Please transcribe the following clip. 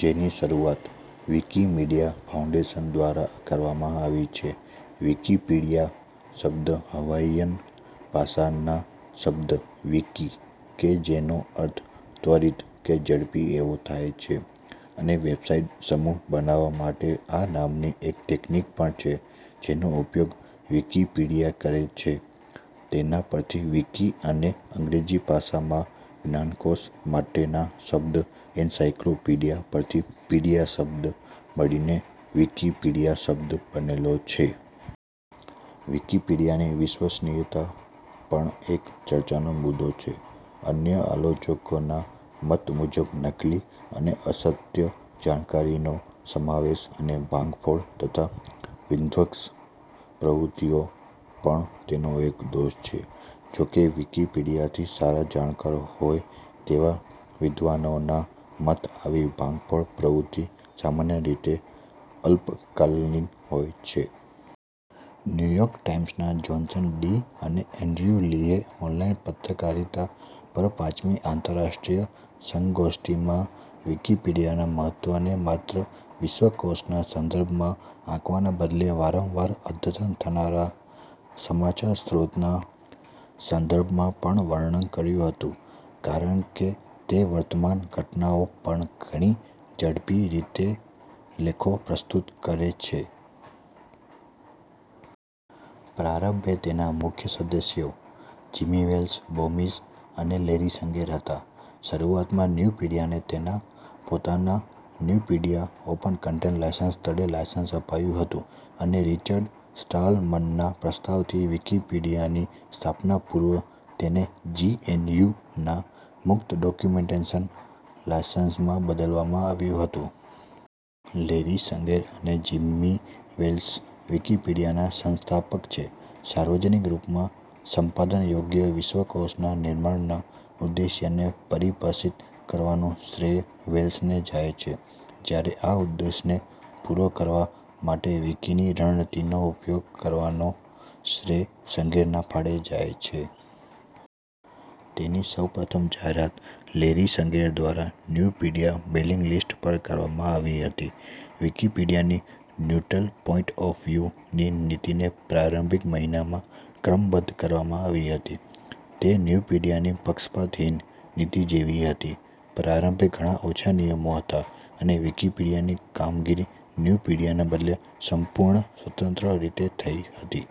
જેની શરૂઆત Wikimedia foundation દ્વારા કરવામાં આવી છે. વિકિપીડિયા શબ્દ હવાઇયન ભાષાના શબ્દ વિકિ -કે જેનો અર્થ ત્વરિત કે ઝડપી એવો થાય છે અને વેબસાઇટ સમૂહ બનાવવા માટે આ નામની એક ટેકનિક પણ છે-જેનો ઉપયોગ વિકિપીડિયા કરે છે તેના પરથી વિકિ અને અંગ્રેજી ભાષામાં જ્ઞાનકોશ માટેના શબ્દ એન્સાઇક્લોપીડિયા પરથી પીડિયા શબ્દ મળીને વિકિપીડિયા શબ્દ બનેલો છે. વિકિપીડિયાની વિશ્વસનીયતા પણ એક ચર્ચાનો મુદ્દો છે. અન્ય આલોચકોના મત મુજબ નકલી અને અસત્ય જાણકારીનો સમાવેશ અને ભાંગફોડ તથા વિધ્વંસક પ્રવૃત્તિઓ પણ તેનો એક દોષ છે. જો કે વિકિપીડિયાથી સારા જાણકાર હોય તેવા વિદ્વાનોના મતે આવી ભાંગફોડ પ્રવૃત્તિ સામાન્ય રીતે અલ્પકાલીન હોય છે. ન્યૂયોર્ક ટાઇમ્સના જોન્સન ડી અને એંડ્રયુ લીહે ઓનલાઈન પત્રકારિતા પર પાંચમી આંતરરાષ્ટ્રીય સંગોષ્ટિમાં વિકિપીડિયાના મહત્વને માત્ર વિશ્વકોશના સંદર્ભમાં આંકવાના બદલે વારંવાર અદ્યતન થનારા સમાચાર સ્ત્રોતના સંદર્ભમાં પણ વર્ણન કર્યું હતુ. કારણ કે તે વર્તમાન ઘટનાઓ પર ઘણી ઝડપી રીતે લેખો પ્રસ્તુત કરે છે. પ્રારંભે તેના મુખ્ય સદસ્યો જિમી વેલ્સ, બોમિસ અને લૈરી સંગેર હતા. શરૂઆતમાં ન્યૂપીડિયાને તેના પોતાના ન્યૂપીડિયા ઓપન કન્ટેન્ટ લાયસન્સ તળે લાયસન્સ અપાયુંં હતુંં અને રિચર્ડ સ્ટાલમનના પ્રસ્તાવથી વિકિપીડિયાની સ્થાપના પૂર્વે તેને GNUના મુક્ત ડૉક્યુમેન્ટેશન લાયસન્સમાં બદલવામાં આવ્યું હતું. લૈરી સંગેર અને જિમી વેલ્સ વિકિપીડિયાના સંસ્થાપક છે. સાર્વજનિક રૂપમાં સંપાદનયોગ્ય વિશ્વકોશના નિર્માણના ઉદ્દેશ્યને પરિભાષિત કરવાનું શ્રેય વેલ્સને જાય છે. જ્યારે આ ઉદ્દેશ્યને પૂરો કરવા માટે વિકિની રણનીતિનો ઉપયોગ કરવાનો શ્રેય સંગેરના ફાળે જાય છે. તેની સૌપ્રથમ જાહેરાત લૈરી સંગેર દ્વારા ન્યૂપીડિયા મેઇલિંગ લિસ્ટ પર કરવામાં આવી હતી. વિકિપીડિયાની "ન્યૂટ્રલ પોઇન્ટ ઑફ વ્યૂ" ની નીતિને પ્રારંભિક મહિનામાં ક્રમબદ્ધ કરવામાં આવી હતી, તે ન્યૂપીડિયાની પક્ષપાતહીન નીતિ જેવી હતી. પ્રારંભે ઘણા ઓછા નિયમો હતા અને વિકિપીડિયાની કામગીરી ન્યૂપીડિયાના બદલે સંપૂર્ણ સ્વતંત્ર રીતે થતી હતી.।